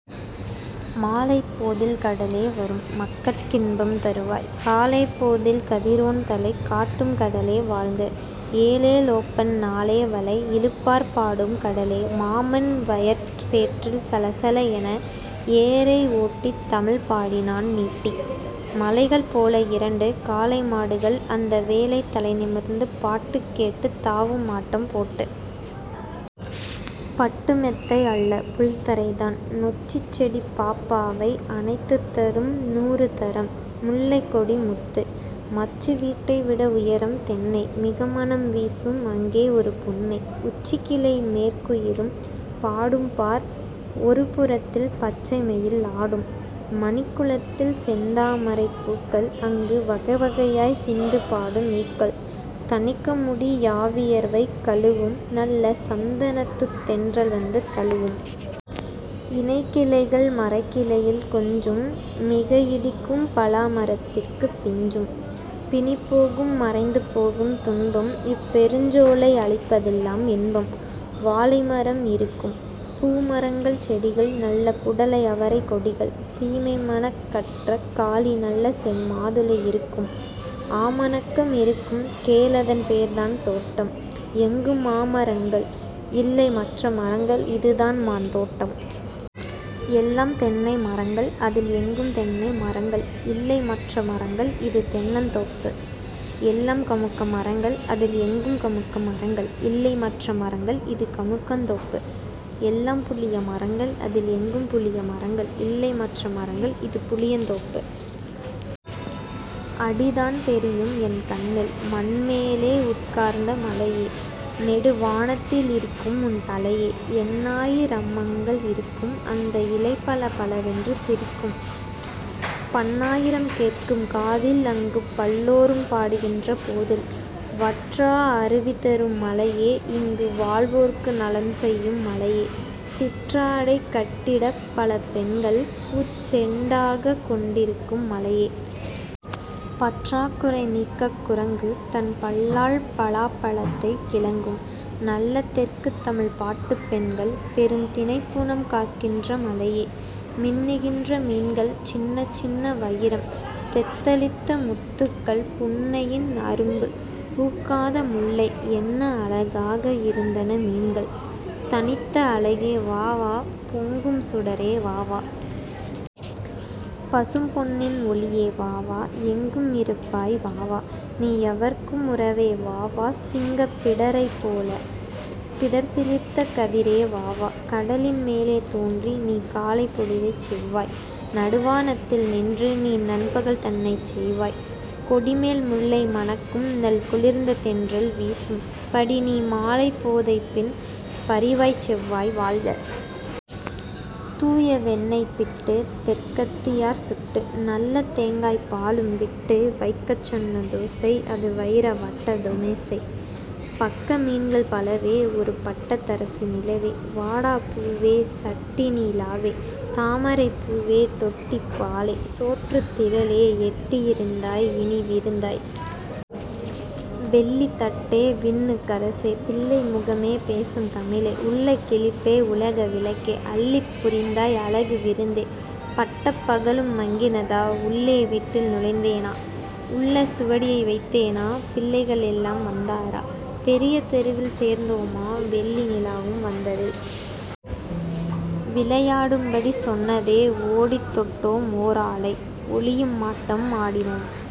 மாலைப் போதில் கடலே வரும்। மக்கட் கின்பம் தருவாய். காலைப் போதில் கதிரோன் தலை காட்டும் கடலே வாழ்க! ஏலே லோப்பண் ணாலே வலை இழுப்பார் பாடும் கடலே! மாமன் வயற் சேற்றில் சலசல என ஏரை ஓட்டித் தமிழ் பாடினான் நீட்டி! மலைகள் போல இரண்டு காளை மாடுகள் அந்த வேளை தலைநிமிர்ந்து பாட்டுக் கேட்டுத் தாவும் ஆட்டம் போட்டு! பட்டுமெத்தை அல்லபுல்த ரைதான்! நொச்சிச்செடிப் பாப்பாவை அணைத்துத் தரும் நூறுதரம் முல்லைக்கொடி முத்து! மச்சிவீட்டை விடஉயரம் தென்னை மிக மணம்வீசும் அங்கே ஒரு புன்னை! உச்சிக்கிளை மேற்குயிலும் பாடும் பார் ஒருபுறத்தில் பச்சைமயில் ஆடும். மணிக்குளத்தில் செந்தாமரைப் பூக்கள்-அங்கு வகைவகையாய்ச் சிந்துபாடும் ஈக்கள்! தணிக்கமுடி யாவியர்வைகழுவும்-நல்ல சந்தனத்துத் தென்றல் வந்து தழுவும்! இணைக்கிளைகள் மரக்கிளையில் கொஞ்சும்-மிக இடிக்கும் பலா மரத்திற் பிஞ்சும்! பிணிபோகும் மறைந்துபோகும் துன்பம்-இப் பெருஞ்சோலை அளிப்பதெலாம் இன்பம்! வாழைமரம் இருக்கும். பூமரங்கள் செடிகள்-நல்ல புடலை அவரைக் கொடிகள், சீமைமணற்றக் காளி-நல்ல செம்மாதுளை இருக்கும். ஆமணக்கும் இருக்கும் கேள் அதன் பேர்தான் தோட்டம். எங்கும் மாமரங்கள்; இல்லை மற்ற மரங்கள் இதுதான் மாந் தோப்பு. எல்லாம் தென்னை மரங்கள்- அதில் எங்கும் தென்னை மரங்கள்; இல்லை மற்ற மரங்கள் இது தென்னந் தோப்பு. எல்லாம் கமுக மரங்கள்- அதில் எங்கும் கமுக மரங்கள்; இல்லை மற்ற மரங்கள் இது கமுகந் தோப்பு. எல்லாம் புளிய மரங்கள்- அதில் எங்கும் புளிய மரங்கள்; இல்லை மற்ற மரங்கள் இது புளியந் தோப்பு. அடிதான் தெரியும்என் கண்ணில். மண்மேலே உட்கார்ந்த மலையே! -நெடு வானத்தில் இருக்கும்உன் தலையே! எண்ணாயி ரம்மரங்கள் இருக்கும் அந்த இலைபள பளவென்று சிரிக்கும். பண்ணாயிரம் கேட்கும் காதில்-அங்குப் பல்லோரும் பாடுகின்ற போதில். வற்றா அருவிதரும் மலையே! -இங்கு வாழ்வோர்க்கு நலம் செய்யும் மலையே! சிற்றாடை கட்டிப்பல பெண்கள்-பூச் செண்டாடிக் கொண்டிருக்கும் மலையே! பற்றாக் குறை நீக்கக் குரங்கு-தன் பல்லால் பலாப்பழத்தைக் கிழிக்கும்-நல்ல தெற்குத் தமிழ்பாடிப் பெண்கள்-பெருந் தினைப்புனம் காக்கின்ற மலையே! மின்னுகின்ற மீன்கள் சின்ன சின்ன வயிரம் தௌித்தமுத் துக்கள் புன்னையின் அரும்பு பூக்காத முல்லை என்ன அழ காக இருந்தன மீன்கள்! தனித்த அழகே வாவா! பொங்கும் சுடரே வாவா! -பசும் பொன்னின் ஒளியே வாவா! எங்கும் இருப்பாய் வாவா! நீ எவர்க்கும் உறவே வாவா! சிங்கப் பிடரைப்போல-பிடர் சிலிர்த்த கதிரே வாவா! கடலின் மேலே தோன்றி-நீ காலைப் பொழுதைச் செய்வாய். நடுவா னத்தில் நின்று நீ நண்பகல் தன்னைச் செய்வாய். கொடிமேல் முல்லைம ணக்கும் நல் குளிர்ந்த தென்றல் வீசும் படிநீ மாலைப் போதைப்-பின் பரிவாய்ச் செய்வாய் வாழ்க. தூய வெண்ணைய்ப் பிட்டு! தெற்கத்தியார் சுட்டு-நல்ல தேங்காய்ப் பாலும் விட்டு வைக்கச் சொன்ன தோசை-அது வயிர வட்ட மேசை! பக்க மீன்கள் பலவே-ஒரு பட்டத் தரசு நிலவே. வாடாப் பூவே! சட்டிநி லாவே! தாமரைப் பூவே! தொட்டிப் பாலே! சோற்றுத் திரளே! எட்டிஇ ருந்தாய் இனியவி ருந்தாய். வெள்ளித் தட்டே! விண்ணுக் கரசே! பிள்ளை முகமே! பேசுந் தமிழே! உள்ளக் களிப்பே! உலக விளக்கே! அள்ளிப் புரிந்தாய் அழகு விருந்தே. பட்டப் பகலும் மங்கினதா? உள்ளே வீட்டில் நுழைந்தேனா? உள்ள சுவடியை வைத்தேனா? பிள்ளைகள் எல்லாம் வந்தாரா? பெரிய தெருவில் சேர்ந்தோமா? வெள்ளி நிலாவும் வந்ததே! விளையா டும்படி சொன்னதே! ஓடித் தொட்டோம் ஓர் ஆளை! ஒளியும் ஆட்டம் ஆடினோம்!